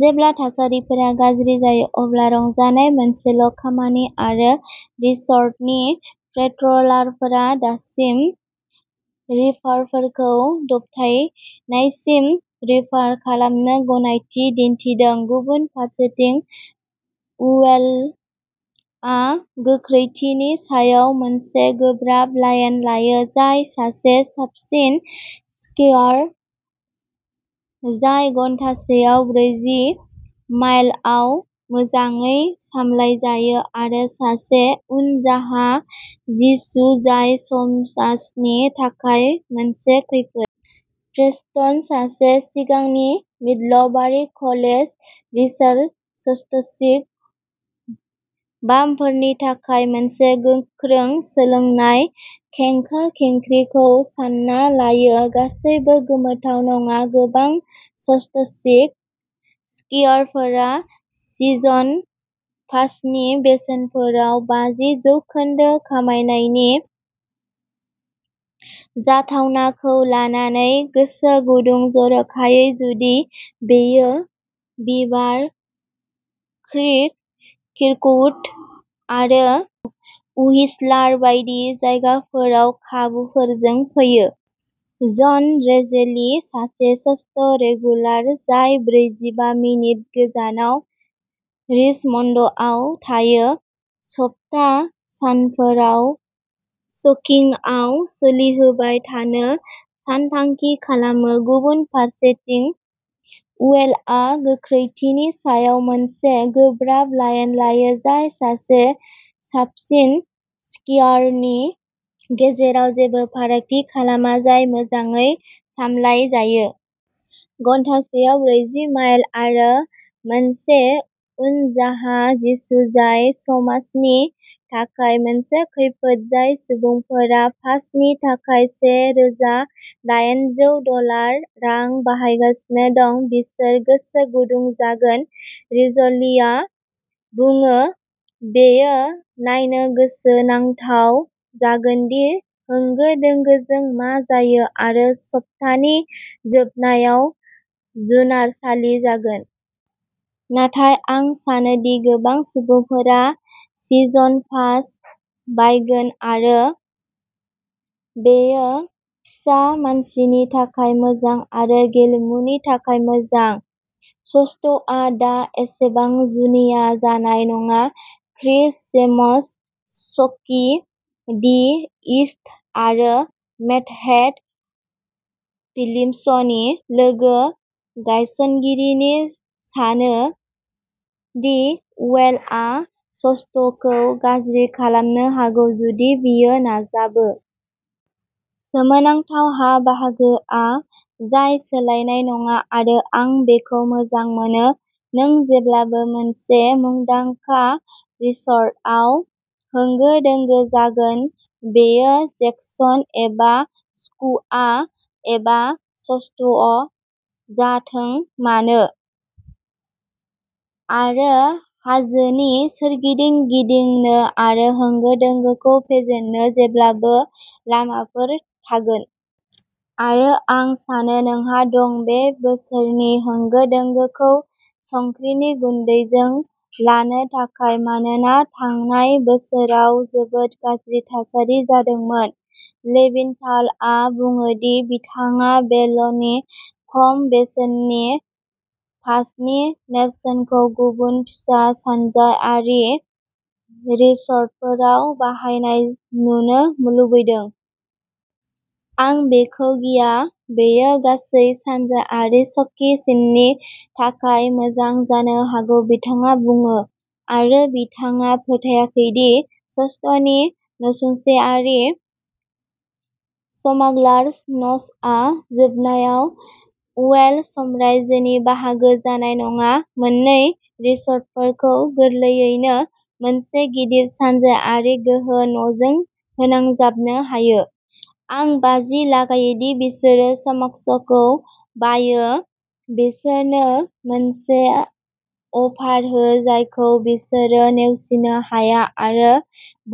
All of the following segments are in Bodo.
जेब्ला थासारिफोरा गाज्रि जायो, अब्ला रंजानाय मोनसेल' खामानि आरो रिसर्टनि पेट्रलारफोरा दासिम रिपारफोरखौ दबथायनायसिम रिपार खालामनो गनायथि दिन्थिदों। गुबुन फारसेथिं, वेलआ गोख्रैथिनि सायाव मोनसे गोब्राब लाइन लायो, जाय सासे साबसिन स्कियार जाय घन्टासेआव ब्रैजि माइलआव मोजाङै सामलायजायो आरो सासे उनजाहा जिसु जाय समाजनि थाखाय मोनसे खैफोद। प्रेस्टन, सासे सिगांनि मिडलबारि कलेज रेसार, स्ट'स्कि बामफोरनि थाखाय मोनसे गोख्रों सोलोंनाय खेंख्रा-खेंख्रिखौ सान्ना लायो। गासैबो गोमोथाव नङा। गोबां स्ट'स्कि स्कियारफोरा सिजन पासनि बेसेनफोराव बाजि जौखोन्दो खमायनायनि जाथावनाखौ लानानै गोसो गुदुं, जर'खायै जुदि बेयो बिभार क्रिक, किर्कवुड आरो व्हिस्लार बायदि जायगाफोराव खाबुफोरजों फैयो। जन रिजेलि, सासे स्ट'रेगुलार जाय ब्रैजिबा मिनिट गोजानाव रिचमन्डआव थायो, सप्ता सानफोराव स्कीइंगखौ सोलिहोबाय थानो सानथांखि खालामो। गुबुन फारसेथिं, वेलआ गोख्रैथिनि सायाव मोनसे गोब्राब लाइन लायो, जाय सासे साबसिन स्कियारनि गेजेराव जेबो फारागथि खालामा जाय मोजाङै सामलायजायो। घन्टासेआव ब्रैजि माइल आरो मोनसे उनजाहा जिसु जाय समाजनि थाखाय मोनसे खैफोद। जाय सुबुंफोरा पासनि थाखाय से रोजा दायेनजौ डलार रां बाहायगासिनो दं, बिसोर गोसो गुदुं जागोन रिजलिआ बुङो। बेयो नायनो गोसोनांथाव जागोन दि होंगो-दोंगोजों मा जायो, आरो सप्तानि जोबनायाव जुनारसालि जागोन। नाथाय आं सानोदि गोबां सुबुंफोरा सिजन पास बायगोन, आरो बेयो फिसा मानसिनि थाखाय मोजां आरो गेलेमुनि थाखाय मोजां। स्ट'वा दा एसेबां जुनिया जानाय नङा। Chris James, ski the East आरो मिटहेड फिल्म्सनि लोगो-गायसनगिरि, सानो दि वेलआ स्ट'वखौ गाज्रि खालामनो हागौ, जुदि बियो नाजाबो। "सोमोनांथाव हा-बाहागोआ-जाय सोलायनाय नङा, आरो आं बेखौ मोजां मोनो। नों जेब्लाबो मोनसे मुंदांखा रिसर्टआव होंगो-दोंगो जागोन, बेयो जेक्सन एबा स्कुवा एबा स्ट'व जाथों मानो। आरो हाजोनि सोरगिदिं गिदिंनो आरो होंगो-दोंगोखौ फेजेननो जेब्लाबो लामाफोर थागोन। आरो आं सानो नोंहा दं। बे बोसोरनि होंगो-दोंगोखौ संख्रिनि गुन्दैजों लानो थाखाय, मानोना थांनाय बोसोराव जोबोद गाज्रि थासारि जादोंमोन। लेभिनथालआ बुङो दि बिथाङा भेलनि खम बेसेननि पासनि नेरसोनखौ गुबुन, फिसा सानजायारि रिसर्टफोराव बाहायनाय नुनो लुबैदों। आं बेखौ गिया बेयो गासै सानजायारि स्की सिननि थाखाय मोजां जानो हागौ बिथाङा बुङो। आरो बिथाङा फोथायाखै दि स्ट'वनि नसुंसेयारि, स्मागलार्स'नचआ, जोबनायाव वेल साम्रायजोनि बाहागो जानाय नङा। मोन्नै रिसर्टफोरखौ गोरलैयैनो मोनसे गिदिर सानजायारि गोहो न'जों फोनांजाबनो हायो। आं बाजि लागायो दि बिसोरो स्मग्सखौ बायो बिसोरनो मोनसे अफार हो जायखौ बिसोरो नेवसिनो हाया आरो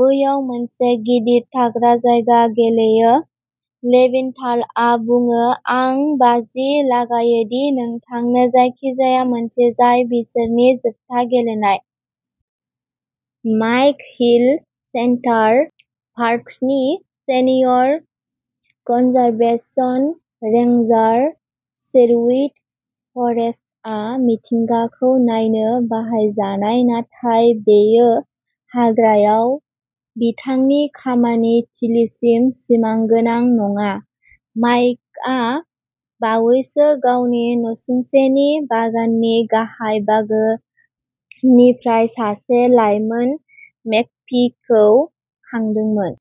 बैयाव मोनसे गिदिर थाग्रा जायगा गेलेयो लेभिनथालआ बुङो। आं बाजि लागायो दि नोंथांनो जायखिजाया मोनसे जाय बिसोरनि जोबथा गेलेनाय। माइक हिल, सेन्टार पार्क्सनि सेनियर कनजारभेशन रेंजार शेरवुड फरेस्टआ मिथिंगाखौ नायनो बाहायजानाय, नाथाय बेयो हाग्रायाव बिथांनि खामानि थिलिसिम सिमागोनां नङा। माइकआ बावैसो गावनि नसुंसेनि बागाननि गाहाय बाहागोनिफ्राय सासे लाइमोन मेगपीखौ खांदोंमोन।